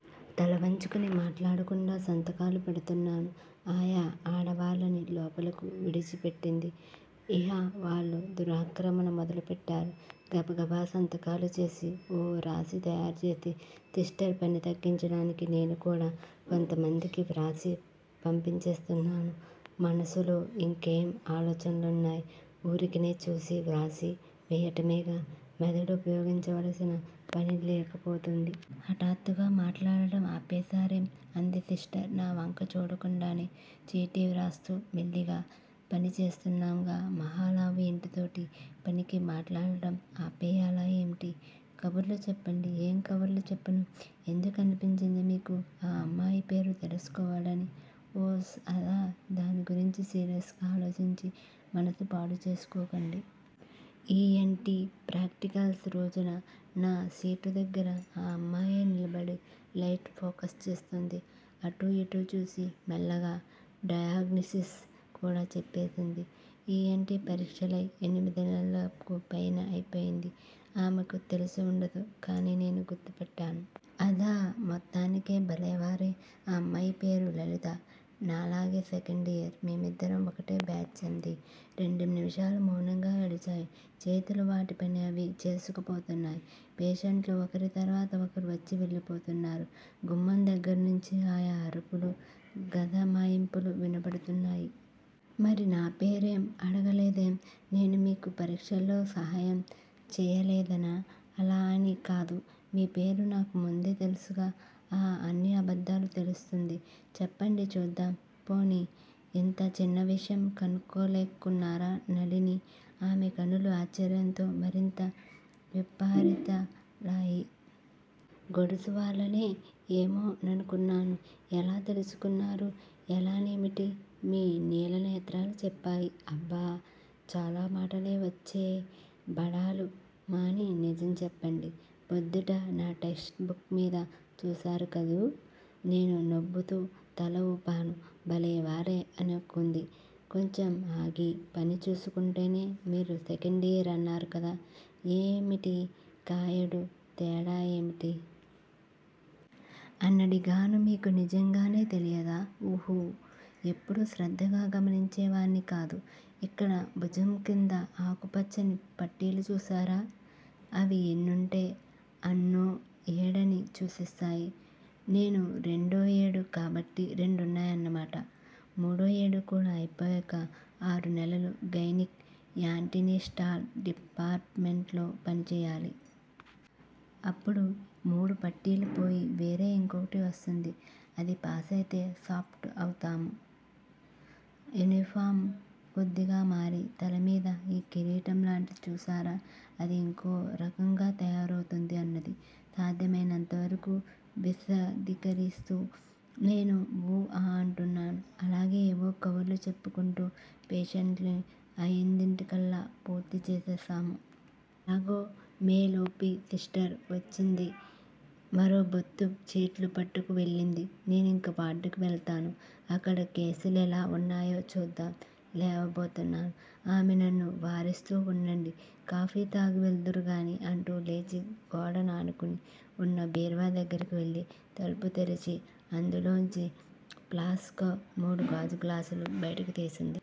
తల వంచుకుని మాట్లాడకుండా సంతకాలు పెడుతున్నాను. ఆయా ఆడవాళ్ళని లోపలకు విడిచి పెట్టింది. ఇహ వాళ్ళు దురాక్రమణ మొదలుపెట్టారు. గబగబ సంతకాలు చేసి ఓ రాశి తయారుచేసి, సిస్టర్ పని తగ్గించటానికి నేను కూడా కొంతమందికి వ్రాసి పంపించేస్తున్నాను. మనసులో యింకేమో ఆలోచన్లున్నాయి. ఊరికినే చూసి వ్రాసి వెయ్యటమేగా, మెదడు ఉపయోగించవలసిన పని లేకపోతూంది. హఠాత్తుగా మాట్లాడటం ఆపేశారేం? అంది సిస్టర్ నా వంక చూడకుండానే చీటీ వ్రాస్తూ, మెల్లిగా. పని చేస్తున్నాంగా. మహలావు యింతోటి పనికి మాట్లాడటం ఆపెయ్యాలా ఏమిటి? కబుర్లు చెప్పండి. ఏం కబుర్లు చెప్పను? ఎందు కనిపించింది మీకు ఆ అమ్మాయి పేరు తెలుసుకోవాలని? ఓస్! అదా? దాన్ని గురించి సీరియస్ గా ఆలోచించి మనసు పాడుచేసుకోకండి. ఇ. ఎన్. టీ ప్రాక్టికల్స్ రోజున నా సీటు దగ్గర ఆ అమ్మాయే నిలబడి లైటు ఫోకస్ చేస్తోంది. అటూ యిటూ చూసి మెల్లగా డయాగ్నిసిస్ కూడ చెప్పేసింది. ఇ. ఎన్. టీ. పరీక్షలై ఎనిమిది నెలలకు పైనా అయిపోయింది. ఆమెకు తెలిసివుండదు, కాని నేను గుర్తుపట్టాను. అదా? మొత్తానికి బలేవారే. ఆ అమ్మాయి పేరు లలిత. నాలాగే సెకండియర్. మేమిద్దరం ఒకటే బ్యాచి అంది. రెండు నిమిషాలు మౌనంగా గడిచాయి. చేతులు వాటి పని అవి చేసుకుపోతున్నాయి. పేషెంట్లు ఒకరి తర్వాత ఒకరు వచ్చివెళ్ళిపోతున్నారు. గుమ్మం దగ్గరనుంచి ఆయా అరుపులు, గదమాయింపులు వినబడుతున్నాయి. మరి నా పేరు ఆడగలేదేం? నేను మీకు పరీక్షల్లో సాయం చెయ్యలేదనా? అలా అని కాదు. మీ పేరు నాకు ముందే తెలుసుగా. ఆఁ అన్నీ అబద్ధాలు. ఎలా తెలుస్తుంది? చెప్పండి చూద్దాం. పోనీ ఇంత చిన్న విషయం కనుక్కోలేనుకున్నారా? నళిని. ఆమె కనులు ఆశ్చర్యంతో మరింత విప్పారితాలయాయి. గడుసు వాళ్ళేనే. ఏమో ననుకున్నాను. ఎలా తెలుసుకున్నారు? ఎలానేమిటి? మీ నీలనేత్రాలు చెప్పాయి. అబ్బా! చాలా మాటలు వచ్చే! బడాయిలు మాని నిజం చెప్పండి. ప్రొద్దుట నా టెక్ట్స్ బుక్ మీద చూశారుకదూ! నేను నవ్వుతూ తల ఊపాను. బలేవారే అని ఊరుకుంది. నేను కొంచెమాగి పని చూసుకుంటూనే మీరు సెకండియర్ అన్నారు కదా, ఏయేటి కాయేడు, తేడా ఏమిటి? అనడిగాను. మీకు నిజంగానే తెలియదా? ఊహు. ఎప్పుడూ శ్రద్ధగా గమనించేవాణ్ని కాదు. ఇక్కడ భుజం క్రింద ఆకు పచ్చని పట్టీలు చూశారా? అవి ఎన్నుంటే_అన్నో ఏడని సూచిస్తాయి. నేను రెండో ఏడు కాబట్టి రెండున్నాయన్నమాట. మూడో ఏడుకూడా అయిపోయాక ఆరు నెలలు గైనిక్, యాంటీనేటాల్ డిపార్ట్ మెంట్సులో పనిచెయ్యాలి. అప్పుడు మూడు పట్టీలూ పోయి వేరే యింకొకటి వస్తుంది. అది ప్యాసయితే స్టాఫ్ అవుతాము. యూనిఫారం కొద్దిగా మారి, తలమీద యీ కిరీటంలాంటిది చూశారా. అది యింకోరకంగా తయారౌతుంది అన్నది, సాధ్యమైనంతవరకూ విశదీకరిస్తూ. నేను ఊ, ఆ అంటున్నాను. అలాగే ఏవో కబుర్లు చెప్పుకుంటూ పేషెంట్సుని అయిదింటికల్లా పూర్తిచేసేశాము. ఈలోగా మేల్ ఓ. పి. సిస్టర్ వచ్చి మరో బొత్తు చీట్లు పట్టుకు వెళ్ళింది. నేనింక వార్డుకి వెళ్తాను. అక్కడ కేసు లెలా వున్నాయో చూద్దాం లేవబోతున్నాను. ఆమె నన్ను వారిస్తూ ఉండండి. కాఫీ త్రాగి వెళ్దురు గాని అంటూ లేచి గోడ నానుకొని వున్న బీరువా దగ్గరకు వెళ్ళి, తలుపు తెరిచి అందులోంచి ప్లాస్క్, మూడు గాజుగ్లాసులు బయటకు తీసింది.